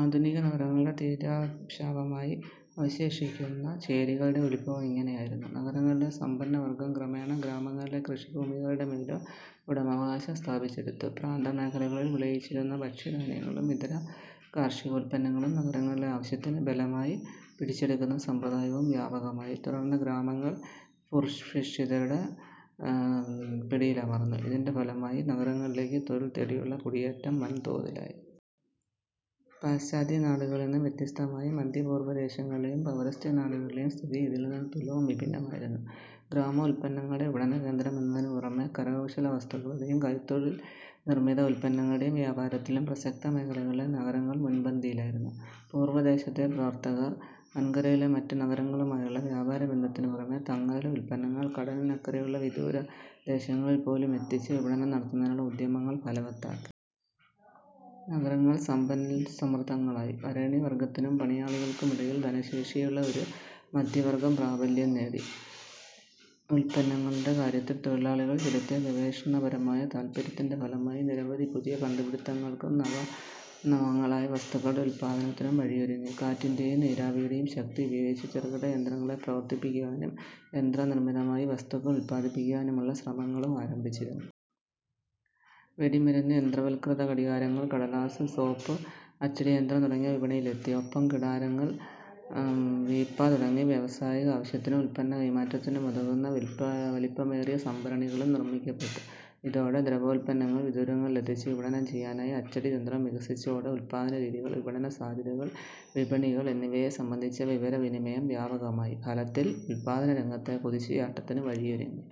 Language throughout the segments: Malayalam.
ആധുനിക നഗരങ്ങളുടെ തീരാശാപമായി അവശേഷിക്കുന്ന ചേരികളുടെ ഉദ്ഭവം ഇങ്ങനെയായിരുന്നു. നഗരങ്ങളിലെ സമ്പന്നവർഗം ക്രമേണ ഗ്രാമങ്ങളിലെ കൃഷിഭൂമികളുടെമേലും ഉടമാവകാശം സ്ഥാപിച്ചെടുത്തു. പ്രാന്തമേഖലകളിൽ വിളയിച്ചിരുന്ന ഭക്ഷ്യധാന്യങ്ങളും ഇതര കാർഷികോത്പന്നങ്ങളും നഗരങ്ങളിലെ ആവശ്യത്തിന് ബലമായി പിടിച്ചെടുക്കുന്ന സമ്പ്രദായവും വ്യാപകമായി. തുടർന്ന് ഗ്രാമങ്ങൾ ദുർഭിക്ഷതയുടെ പിടിയിലമർന്നു. ഇതിന്റെ ഫലമായി നഗരങ്ങളിലേക്ക് തൊഴിൽ തേടിയുള്ള കുടിയേറ്റം വൻ തോതിലായി. പാശ്ചാത്യനാടുകളിൽനിന്ന് വ്യത്യസ്തമായി മധ്യ പൂർവദേശങ്ങളിലെയും പൌരസ്ത്യനാടുകളിലെയും സ്ഥിതി ഇതിൽനിന്ന് തുലോം വിഭിന്നമായിരുന്നു. ഗ്രാമോത്പന്നങ്ങളുടെ വിപണനകേന്ദ്രമെന്നതിനു പുറമേ, കരകൌശലവസ്തുക്കളുടെയും കൈത്തൊഴിൽ നിർമിത ഉത്പന്നങ്ങളുടെയും വ്യാപാരത്തിലും പ്രസക്ത മേഖലകളിലെ നഗരങ്ങൾ മുൻപന്തിയിലായിരുന്നു. പൂർവദേശത്തെ വർത്തകർ വൻകരയിലെ മറ്റു നഗരങ്ങളുമായുള്ള വ്യാപാരബന്ധത്തിനുപുറമേ, തങ്ങളുടെ ഉത്പന്നങ്ങൾ കടലിനക്കരെയുള്ള വിദൂരദേശങ്ങളിൽപ്പോലുമെത്തിച്ച് വിപണനം നടത്തുന്നതിനുള്ള ഉദ്യമങ്ങൾ ഫലവത്താക്കി. നഗരങ്ങൾ സമ്പത്സമൃദ്ധങ്ങളായി. വരേണ്യവർഗത്തിനും പണിയാളുകൾക്കുമിടയിൽ ധനശേഷിയുള്ള ഒരു മധ്യവർഗം പ്രാബല്യം നേടി. ഉത്പന്നങ്ങളുടെ കാര്യത്തിൽ തൊഴിലാളികൾ ചെലുത്തിയ ഗവേഷണപരമായ താത്പര്യത്തിന്റെ ഫലമായി നിരവധി പുതിയ കണ്ടുപിടിത്തങ്ങൾക്കും നവംനവങ്ങളായ വസ്തുക്കളുടെ ഉത്പാദനത്തിനും വഴിയൊരുങ്ങി. കാറ്റിന്റെയും നീരാവിയുടെയും ശക്തി ഉപയോഗിച്ച് ചെറുകിട യന്ത്രങ്ങളെ പ്രവർത്തിപ്പിക്കുവാനും യന്ത്രനിർമിതമായി വസ്തുക്കൾ ഉത്പാദിപ്പിക്കുവാനുമുള്ള ശ്രമങ്ങളും ആരംഭിച്ചിരുന്നു. വെടിമരുന്ന്, യന്ത്രവത്കൃത ഘടികാരങ്ങൾ, കടലാസ്, സോപ്പ്, അച്ചടിയന്ത്രം തുടങ്ങിയവ വിപണിയിലെത്തി. ഒപ്പം കിടാരങ്ങൾ, വീപ്പ തുടങ്ങി വൈയവസായികാവശ്യത്തിനും ഉത്പന്നക്കൈമാറ്റത്തിനുമുതകുന്ന വലിപ്പമേറിയ സംഭരണികളും നിർമ്മിക്കപ്പെട്ടു. ഇതോടെ ദ്രവോത്പന്നങ്ങൾ വിദൂരങ്ങളിലെത്തിച്ച് വിപണനം ചെയ്യാനായി. അച്ചടിതന്ത്രം വികസിച്ചതോടെ ഉത്പാദനരീതികൾ, വിപണനസാധ്യതകൾ, വിപണികൾ എന്നിവയെ സംബന്ധിച്ച വിവരവിനിമയം വ്യാപകമായി. ഫലത്തിൽ ഉത്പാദനരംഗത്തെ കുതിച്ചുചാട്ടത്തിനു വഴിയൊരുങ്ങി.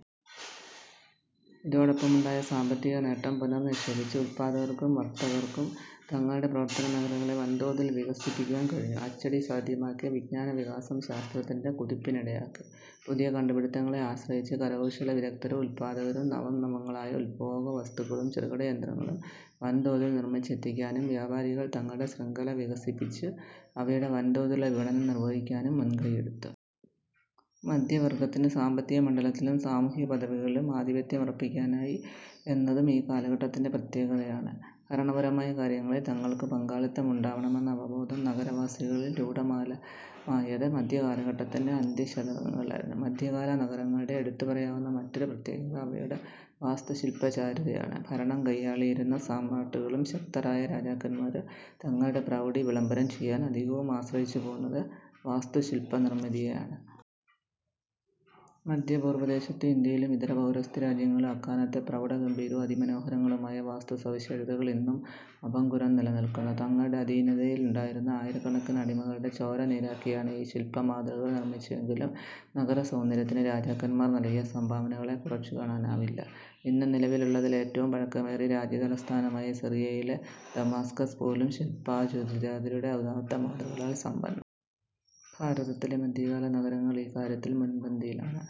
ഇതോടൊപ്പമുണ്ടായ സാമ്പത്തികനേട്ടം പുനർനിക്ഷേപിച്ച് ഉത്പാദകർക്കും വർത്തകർക്കും തങ്ങളുടെ പ്രവർത്തനമേഖലകളെ വൻതോതിൽ വികസിപ്പിക്കുവാൻ കഴിഞ്ഞു. അച്ചടി സാധ്യമാക്കിയ വിജ്ഞാനവികാസം ശാസ്ത്രത്തിന്റെ കുതിപ്പിനിടയാക്കി. പുതിയ കണ്ടുപിടിത്തങ്ങളെ ആശ്രയിച്ച് കരകൌശലവിദഗ്ദ്ധരും ഉത്പാദകരും നവംനവങ്ങളായ ഉപഭോഗവസ്തുക്കളും ചെറുകിടയന്ത്രങ്ങളും വൻതോതിൽ നിർമിച്ചെത്തിക്കാനും വ്യാപാരികൾ തങ്ങളുടെ ശൃംഖല വികസിപ്പിച്ച് അവയുടെ വൻതോതിലുള്ള വിപണനം നിർവഹിക്കാനും മുൻകൈയെടുത്തു. മധ്യവർഗത്തിന് സാമ്പത്തികമണ്ഡലത്തിലും സാമൂഹിക പദവികളിലും ആധിപത്യമുറപ്പിക്കാനായി എന്നതും ഈ കാലഘട്ടത്തിന്റെ പ്രത്യേകതയാണ്. ഭരണപരമായ കാര്യങ്ങളിൽ തങ്ങൾക്കു പങ്കാളിത്തമുണ്ടാവണമെന്ന അവബോധം നഗരവാസികളിൽ രൂഢമൂലമായത് മധ്യകാലഘട്ടത്തിന്റെ അന്ത്യശതകങ്ങളിലായിരുന്നു. മധ്യകാല നഗരങ്ങളുടെ എടുത്തുപറയാവുന്ന മറ്റൊരു പ്രത്യേകത അവയുടെ വാസ്തുശില്പചാരുതയാണ്. ഭരണം കയ്യാളിയിരുന്ന സമ്രാട്ടുകളും ശക്തരായ രാജാക്കന്മാരും തങ്ങളുടെ പ്രൗഢി വിളംബരം ചെയ്യാൻ അധികവും ആശ്രയിച്ചുപോന്നത് വാസ്തുശില്പനിർമിതിയെയാണ്. മധ്യപൂർവദേശത്തും ഇന്ത്യയിലും ഇതര പൗരസ്ത്യരാജ്യങ്ങളിലും അക്കാലത്തെ പ്രൗഢഗംഭീരവും അതിമനോഹരങ്ങളുമായ വാസ്തുസവിശേഷതകൾ ഇന്നും അഭംഗുരം നിലനില്ക്കുന്നു. തങ്ങളുടെ അധീനതയിലുണ്ടായിരുന്ന ആയിരക്കണക്കിന് അടിമകളുടെ ചോര നീരാക്കിയാണ് ഈ ശില്പമാതൃകകൾ നിർമിച്ചതെങ്കിലും നഗരസൗന്ദര്യത്തിന് രാജാക്കന്മാർ നല്കിയ സംഭാവനകളെ കുറച്ചുകാണാനാവില്ല. ഇന്ന് നിലവിലുള്ളതിൽ ഏറ്റവും പഴക്കമേറിയ രാജ്യതലസ്ഥാനമായ സിറിയയിലെ ദമാസ്കസ് പോലും ശില്പചാതുരിയുടെ ഉദാത്തമാതൃകകളാൽ സമ്പന്നമാണ്. ഭാരതത്തിലെ മധ്യകാല നഗരങ്ങൾ ഈ കാര്യത്തിൽ മുൻപന്തിയിലാണ്.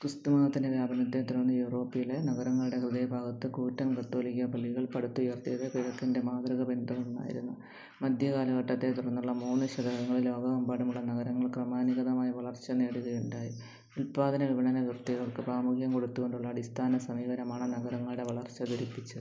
ക്രിസ്തുമതത്തിന്റെ വ്യാപനത്തെത്തുടർന്ന് യൂറോപ്പിലെ നഗരങ്ങളുടെ ഹൃദയഭാഗത്ത് കൂറ്റൻ കത്തോലിക്കാപള്ളികൾ പടുത്തുയർത്തിയത് കിഴക്കിന്റെ മാതൃക പിൻതുടർന്നായിരുന്നു. മധ്യകാലഘട്ടത്തെത്തുടർന്നുള്ള മൂന്ന് ശതകങ്ങളിൽ ലോകമെമ്പാടുമുള്ള നഗരങ്ങൾ ക്രമാനുഗതമായ വളർച്ചനേടുകയുണ്ടായി. ഉത്പാദന, വിപണന വൃത്തികൾക്കു പ്രാമുഖ്യം കൊടുത്തുകൊണ്ടുള്ള അടിസ്ഥാന സമീപനമാണ് നഗരങ്ങളുടെ വളർച്ച ത്വരിപ്പിച്ചത്.